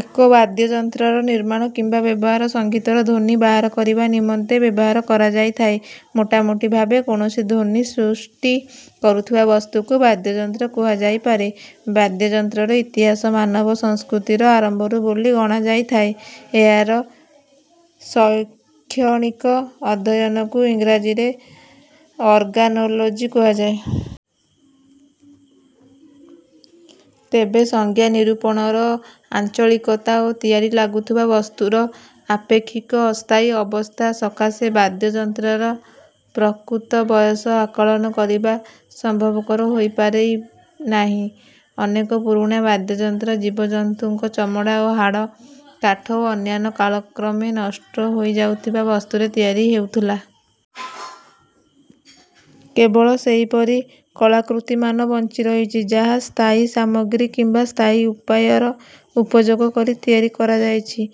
ଏକ ବାଦ୍ୟଯନ୍ତ୍ରର ନିର୍ମାଣ କିମ୍ବା ବ୍ୟବହାର ସଙ୍ଗୀତର ଧ୍ୱନି ବାହାର କରିବା ନିମନ୍ତେ ବ୍ୟବହାର କରାଯାଇଥାଏ। ମୋଟାମୋଟି ଭାବେ କୌଣସି ଧ୍ୱନି ସୃଷ୍ଟି କରୁଥିବା ବସ୍ତୁକୁ ବାଦ୍ୟଯନ୍ତ୍ର କୁହାଯାଇପାରେ। ବାଦ୍ୟଯନ୍ତ୍ରର ଇତିହାସ ମାନବ ସଂସ୍କୃତିର ଆରମ୍ଭରୁ ବୋଲି ଗଣାଯାଇଥାଏ। ଏହାର ଶୈକ୍ଷଣିକ ଅଧ୍ୟୟନକୁ ଇଂରାଜୀରେ ଅର୍ଗାନୋଲୋଜି କୁହାଯାଏ। ତେବେ ସଂଜ୍ଞା ନିରୂପଣର ଆଞ୍ଚଳିକତା ଓ ତିଆରି ଲାଗୁଥିବା ବସ୍ତୁର ଆପେକ୍ଷିକ ଅସ୍ଥାୟୀ ଅବସ୍ଥା ସକାଶେ ବାଦ୍ୟଯନ୍ତ୍ରର ପ୍ରକୃତ ବୟସ ଆକଳନ କରିବା ସମ୍ଭବପର ହୋଇପାରିନାହିଁ। ଅନେକ ପୁରୁଣା ବାଦ୍ୟଯନ୍ତ୍ର ଜୀବଜନ୍ତୁଙ୍କ ଚମଡ଼ା ଓ ହାଡ଼, କାଠ ଓ ଅନ୍ୟାନ୍ୟ କାଳକ୍ରମେ ନଷ୍ଟ ହୋଇଯାଉଥିବା ବସ୍ତୁରେ ତିଆରି ହେଉଥିଲା। କେବଳ ସେହିପରି କଳାକୃତିମାନ ବଞ୍ଚିରହିଛି ଯାହା ସ୍ଥାୟୀ ସାମଗ୍ରୀ କିମ୍ବା ସ୍ଥାୟୀ ଉପାୟର ଉପଯୋଗ କରି ତିଆରି କରାଯାଇଛି।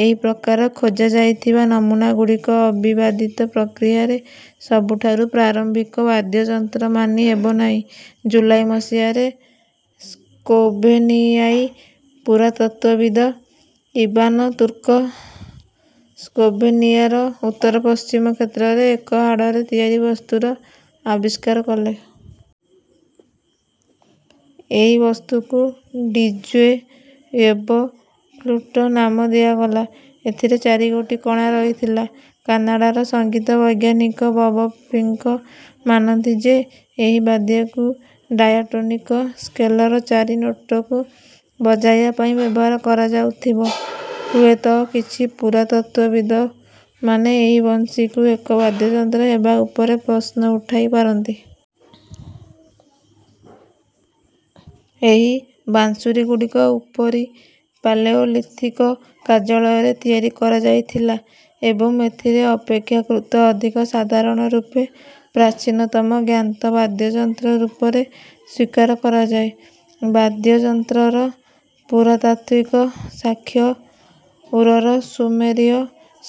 ଏହି ପ୍ରକାର ଖୋଜାଯାଇଥିବା ନମୂନା ଗୁଡ଼ିକ ଅବିବାଦିତ ପ୍ରକ୍ରିୟାରେ ସବୁଠାରୁ ପ୍ରାରମ୍ଭିକ ବାଦ୍ୟଯନ୍ତ୍ର ମାନି ହେବ ନାହିଁ। ଜୁଲାଇ ମସିହାରେ, ସ୍ଲୋଭେନିଆଈ ପୁରାତତ୍ତ୍ୱବିଦ ଇବାନ ତୁର୍କ ସ୍ଲୋଭେନିଆର ଉତ୍ତର ପଶ୍ଚିମ କ୍ଷେତ୍ରରେ ଏକ ହାଡ଼ରେ ତିଆରି ବସ୍ତୁର ଆବିଷ୍କାର କଲେ। ଏହି ବସ୍ତୁକୁ ଡିଜ୍ୱେ ୱେବ ଫ୍ଲୂଟ ନାମ ଦିଆଗଲା, ଏଥିରେ ଚାରିଗୋଟି କଣା ରହିଥିଲା। କାନାଡ଼ାର ସଙ୍ଗୀତ ବୈଜ୍ଞାନିକ ବବ ଫିଙ୍କ ମାନନ୍ତି ଯେ, ଏହି ବାଦ୍ୟକୁ ଡାୟାଟୋନିକ ସ୍କେଲର ଚାରି ନୋଟକୁ ବଜାଇବା ପାଇଁ ବ୍ୟବହାର କରାଯାଉଥିବ। ହୁଏତ, କିଛି ପୁରାତତ୍ତ୍ୱବିଦମାନେ ଏହି ବଂଶୀକୁ ଏକ ବାଦ୍ୟଯନ୍ତ୍ର ହେବା ଉପରେ ପ୍ରଶ୍ନ ଉଠାଇ ପାରନ୍ତି। ଏହି ବାଂଶୁରୀଗୁଡ଼ିକୁ ଉପରୀ ପାଲେଓଲିଥିକ କାର୍ଯ୍ୟାଳୟରେ ତିଆରି କରାଯାଇଥିଲା ଏବଂ ଏଥିରେ ଅପେକ୍ଷାକୃତ ଅଧିକ ସାଧାରଣ ରୂପେ ପ୍ରାଚୀନତମ ଜ୍ଞାତ ବାଦ୍ୟଯନ୍ତ୍ର ରୂପରେ ସ୍ୱୀକାର କରାଯାଏ। ବାଦ୍ୟଯନ୍ତ୍ରର ପୁରାତାତ୍ତ୍ୱିକ ସାକ୍ଷ, ଉରର ସୁମେରୀୟ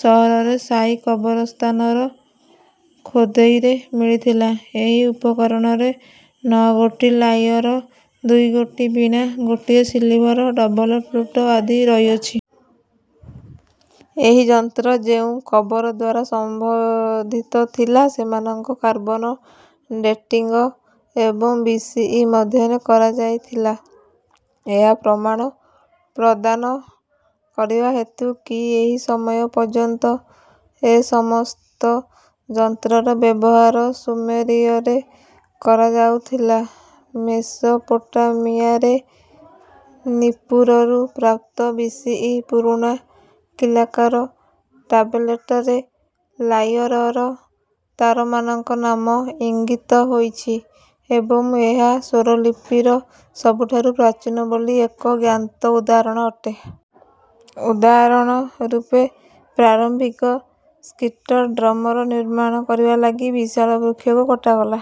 ସହରରେ ଶାହୀ କବରସ୍ଥାନର ଖୋଦେଇରେ ମିଳିଥିଲା। ଏହି ଉପକରଣରେ ନଅ ଗୋଟି ଲାଇଅର, ଦୁଇ ଗୋଟି ବୀଣା, ଗୋଟିଏ ସିଲଭର ଡବଲ ଫ୍ଲୂଟ ଆଦି ରହିଅଛି। ଏହି ଯନ୍ତ୍ର ଯେଉଁ କବର ଦ୍ୱାରା ସମ୍ବନ୍ଧିତ ଥିଲା ସେମାନଙ୍କ କାର୍ବନ ଡେଟିଙ୍ଗ ଏବଂ ବି ସି ଇ ମଧ୍ୟରେ କରାଯାଇଥିଲା, ଏହା ପ୍ରମାଣ ପ୍ରଦାନ କରିବା ହେତୁ କି ଏହି ସମୟ ପର୍ଯ୍ୟନ୍ତ ଏ ସମସ୍ତ ଯନ୍ତ୍ରର ବ୍ୟବହାର ସୁମେରୀୟରେ କରାଯାଉଥିଲା। ମେସୋପୋଟାମିଆରେ ନିପ୍ପୁରରୁ ପ୍ରାପ୍ତ, ବି ସି ଇ ପୁରୁଣା କୀଲାକାର ଟାବଲେଟରେ ଲାଇଅରର ତାରମାନଙ୍କ ନାମ ଇଙ୍ଗିତ ହୋଇଛି ଏବଂ ଏହା ସ୍ୱରଲିପିର ସବୁଠାରୁ ପ୍ରାଚୀନ ବୋଲି ଏକ ଜ୍ଞାତ ଉଦାହରଣ ଅଟେ। ଉଦାହରଣ ରୂପେ, ପ୍ରାରମ୍ଭିକ ସ୍ଲିଟ ଡ୍ରମର ନିର୍ମାଣ କରିବା ଲାଗି ବିଶାଳ ବୃକ୍ଷକୁ କଟାଗଲା।